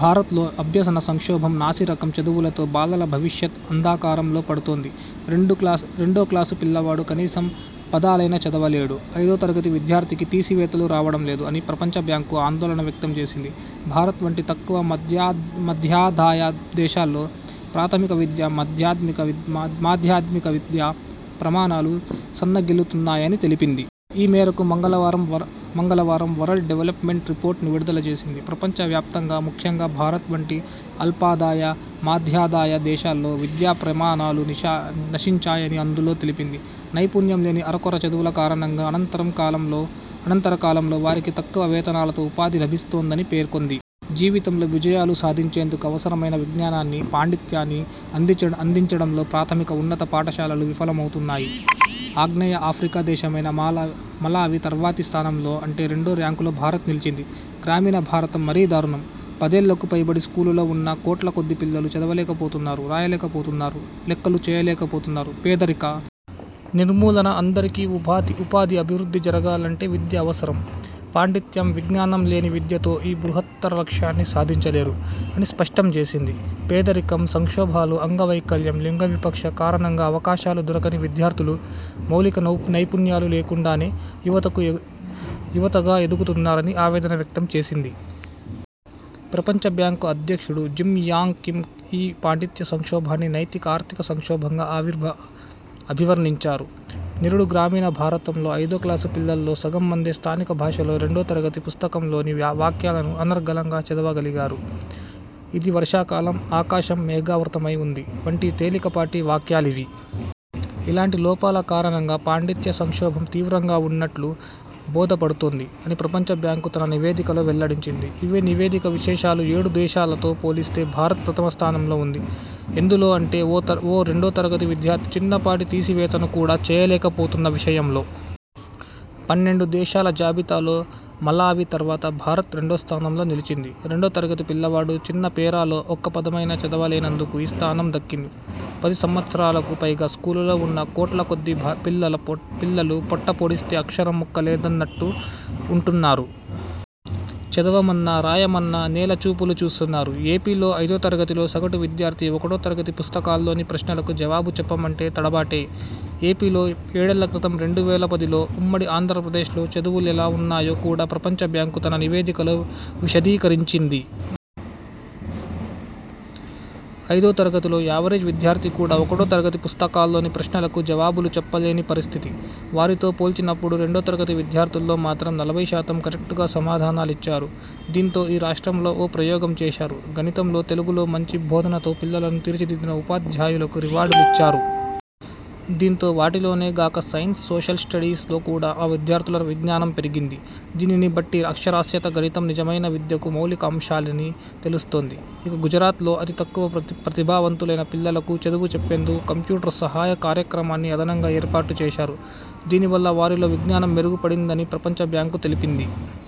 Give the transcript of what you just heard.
భారత్లో అభ్యసన సంక్షోభం! నాసిరకం చదువులతో బాలల భవిష్యత్ అంధకారంలో పడుతోంది. రెండో క్లాసు పిల్లవాడు కనీసం పదాలైనా చదవలేడు. ఐదో తరగతి విద్యార్థికి తీసివేతలు రావడం లేదు అని ప్రపంచబ్యాంకు ఆందోళన వ్యక్తం చేసింది. భారత్ వంటి తక్కువ, మధ్యాదాయ దేశాల్లో ప్రాథమిక విద్య, మాధ్యమిక విద్య ప్రమాణాలు సన్నగిల్లుతున్నాయని తెలిపింది. ఈ మేరకు మంగళవారం వరల్డ్ డెవల్పమెంట్ రిపోర్ట్ ని విడుదల చేసింది. ప్రపంచవ్యాప్తంగా ముఖ్యంగా భారత్ వంటి అల్పాదాయ, మధ్యాదాయ దేశాల్లో విద్యా ప్రమాణాలు నశించాయని అందులో తెలిపింది. నైపుణ్యం లేని అరకొర చదువుల కారణంగా అనంతర కాలంలో వారికి తక్కువ వేతనాలతో ఉపాధి లభిస్తోందని పేర్కొంది. జీవితంలో విజయాలు సాధించేందుకు అవసరమైన విజ్ఞానాన్ని, పాండిత్యాన్ని అందించడంలో ప్రాథమిక, ఉన్నత పాఠశాలలు విఫలమవుతున్నాయి. ఆగ్నేయ ఆఫ్రికా దేశమైన మలావి తర్వాతి స్థానంలో అంటే రెండో ర్యాంకులో భారత్ నిలిచింది. గ్రామీణ భారతం మరీ దారుణం. పదేళ్లకు పైబడి స్కూలులో ఉన్నా కోట్ల కొద్దీ పిల్లలు చదవలేకపోతున్నారు రాయలేకపోతున్నారు లెక్కలూ చేయలేకపోతున్నారు. పేదరిక నిర్మూలన, అందరికీ ఉపాధి, అభివృద్ధి జరగాలంటే విద్య అవసరం. పాండిత్యం, విజ్ఞానం లేని విద్యతో ఈ బృహత్తర లక్ష్యాన్ని సాధించలేరు అని స్పష్టం చేసింది. పేదరికం, సంక్షోభాలు, అంగవైకల్యం, లింగవివక్ష కారణంగా అవకాశాలు దొరకని విద్యార్థులు మౌలిక నైపుణ్యాలు లేకుండానే యువతగా ఎదుగుతున్నారని ఆవేదన వ్యక్తంచేసింది. ప్రపంచబ్యాంకు అధ్యక్షుడు జిమ్ యాంగ్ కిమ్ ఈ పాండిత్య సంక్షోభాన్ని నైతిక, ఆర్థిక సంక్షోభంగా అభివర్ణించారు. నిరుడు గ్రామీణ భారతంలో ఐదో క్లాసు పిల్లల్లో సగం మందే స్థానిక భాషలో రెండో తరగతి పుస్తకంలోని వాక్యాలను అనర్గళంగా చదవగలిగారు. ఇది వర్షాకాలం ఆకాశం మేఘావృతమై ఉంది వంటి తేలిక పాటి వాక్యా లివి. ఇలాంటి లోపాల కారణంగా పాండిత్య సంక్షోభం తీవ్రంగా ఉన్నట్లు బోధపడుతోంది అని ప్రపంచ బ్యాంకు తన నివేదికలో వెల్లడించింది. ఇవీ నివేదిక విశేషాలు ఏడు దేశాలతో పోలిస్తే భారత్ ప్రథమ స్థానంలో ఉంది. ఎందులో అంటే ఓ రెండో తరగతి విద్యార్థి చిన్న పాటి తీసివేతను కూడా చేయలేకపోతున్న విషయంలో! పన్నెండు దేశాల జాబితాలో మలావి తర్వాత భారత్ రెండో స్థానంలో నిలిచింది. రెండో తరగతి పిల్లవాడు చిన్న పేరాలో ఒక్క పదమైనా చదవలేనందుకు ఈ స్థానం దక్కింది. పది సంవత్సరాలకు పైగా స్కూలులో ఉన్నా కోట్ల కొద్దీ పిల్లలు పొట్ట పొడిస్తే అక్షరం ముక్క లేదన్నట్లు ఉంటున్నారు. చదవమన్నా రాయమన్నా నేల చూపులు చూస్తున్నారు. ఏపీలో ఐదో తరగతిలో సగటు విద్యార్థి ఒకటో తరగతి పుస్తకాల్లోని ప్రశ్నలకు జవాబు చెప్పమంటే తడబాటే. ఏపీలో ఏడేళ్ల క్రితం రెండు వేల పదిలో ఉమ్మడి ఆంధ్రప్రదేశ్లో చదువులెలా ఉన్నాయో కూడా ప్రపంచ బ్యాంకు తన నివేదికలో విశదీకరించింది. ఐదో తరగతిలో యావరేజ్ విద్యార్థి కూడా ఒకటో తరగతి పుస్తకాల్లోని ప్రశ్నలకు జవాబులు చెప్పలేని పరిస్థితి. వారితో పోల్చినప్పుడు రెండో తరగతి విద్యార్థుల్లో మాత్రం నలభై శాతం కరెక్టుగా సమాధానాలిచ్చారు. దీంతో ఈ రాష్ట్రంలో ఓ ప్రయోగం చేశా రు. గణితంలో, తెలుగులో మంచి బోధనతో పిల్లలను తీర్చిదిద్దిన ఉపాధ్యాయులకు రివార్డు లిచ్చారు. దీంతో వాటిలోనే గాక సైన్స్, సోషల్ స్టడీస్ లో కూడా ఆ విద్యార్థుల విజ్ఞానం పెరిగిం ది. దీనిని బట్టి అక్షరాస్యత, గణితం నిజమైన విద్యకు మౌలిక అంశాలని తెలుస్తోంది. ఇక, గుజరాత్లో అతి తక్కువ ప్రతిభావంతులైన పిల్లలకు చదువు చెప్పేందుకు కంప్యూటర్ సహాయ కార్యక్రమాన్ని అదనంగా ఏర్పాటు చేశారు. దీనివల్ల వారి లో విజ్ఞానం మెరుగు పడిందని ప్రపంచ బ్యాంకు తెలిపింది.